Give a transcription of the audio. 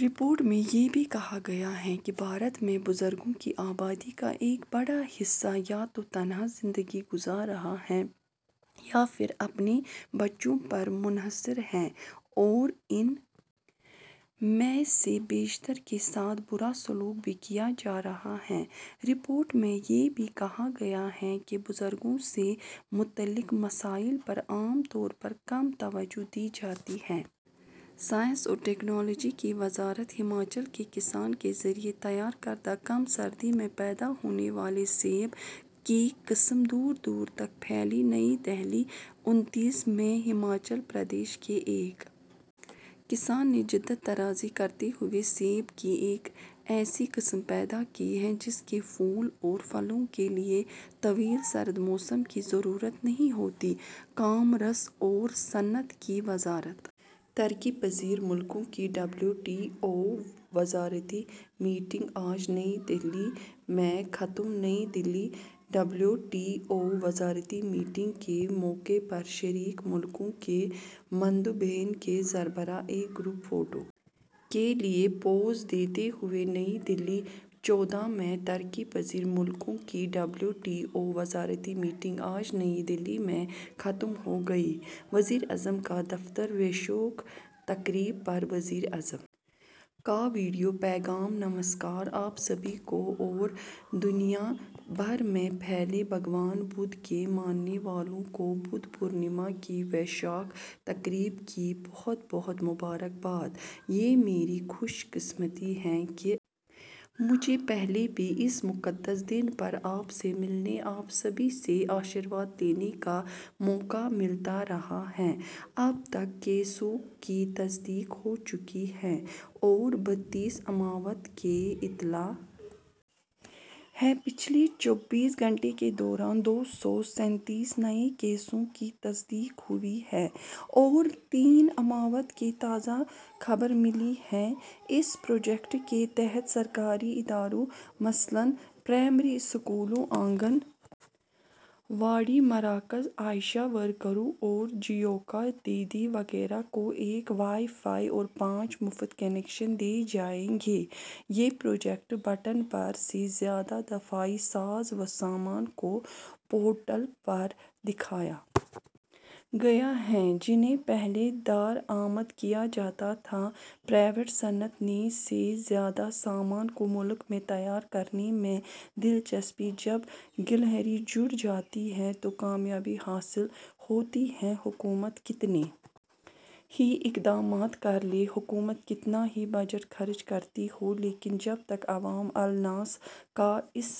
report میں یہ بھی کہا گیا ہے کہ بھارت میں بزرگوں کی آبادی کا ایک بڑا حصہ یا تو تنہا زندگی گزار رہا ہے یا پھر اپنے بچوں پر منحصر ہے اور ان میں سے بیشتر کے ساتھ برا سلوک بھی کیا جا رہا ہے رپورٹ میں یہ بھی کہا گیا ہے کہ بزرگوں سے متعلق مسائل پر عام طور پر کم توجہ دی جاتی ہے سائنس اور ٹیکنالوجی کی وزارت ہماچل کے کسان کے ذریعے تیار کردہ کم سردی میں پیدا ہونے والے سیب کی قسم دور دور تک پھیلی نئی دہلی انتیس مئی ہماچل پردیش کے ایک کسان نے جدت طرازی کرتے ہوئے سیب کی ایک ایسی قسم پیدا کی ہے جس کے پھول اور پھلوں کے لیے طویل سرد موسم کی ضرورت نہیں ہوتی کامرس اور صنعت کی وزارت ترقی پذیر ملکوں کی ڈبلیو ٹی او وزارتی میٹنگ آج نئی دہلی میں ختم New Delhi W T O وزارتی میٹنگ کے موقع پر شریک ملکوں کے مندوبین کے سربراہ ایک گروپ فوٹو کے لیے پوز دیتے ہوئے نئی دہلی چودہ مئی ترقی پذیر ملکوں کی ڈبلیو ٹی او وزارتی میٹنگ آج نئی دہلی میں ختم ہو گئی وزیراعظم کا دفتر ویشاکھ تقریب پر وزیر اعظم کا ویڈیو پیغام نمسکار آپ سبھی کو اور دنیا بھر میں پھیلے بھگوان بدھ کے ماننے والوں کو بدھ پورنیما کی ویشاکھ تقریب کی بہت بہت مبارکباد یہ میری خوش قسمتی ہے کہ مجھے پہلے بھی اس مقدس دن پر آپ سے ملنے آپ سبھی سے آشیرواد لینے کا موقع ملتا رہا ہے اب تک کیسوں کی تصدیق ہو چکی ہے اور بتیس اموات کی اطلاع ہے پچھلے چوبیس گھنٹے کے دوران دو سو ستائیس نئے کیسوں کی تصدیق ہوئی ہے اور تین اموات کی تازہ خبر ملی ہے اس پروجیکٹ کے تحت سرکاری اداروں مثلاً پرائمری اسکولوں آنگن واڑی مراکز آشا ورکروں اور جیویکا دیدی وغیرہ کو ایک وائی فائی اور پانچ مفت کنکشن دیے جائیں گے یہ پروجیکٹ بٹن پر سے زیادہ دفاعی ساز و سامان کو پورٹل پر دکھایا گیا ہے جنہیں پہلے درآمد کیا جاتا تھا پرائیویٹ صنعت نے سے زیادہ سامان کو ملک میں تیار کرنے میں دلچسپی جب گلہری جڑ جاتی ہے تو کامیابی حاصل ہوتی ہے حکومت کتنے ہی اقدامات کر لے حکومت کتنا ہی بجٹ خرچ کرتی ہو لیکن جب تک عوام الناس کا اس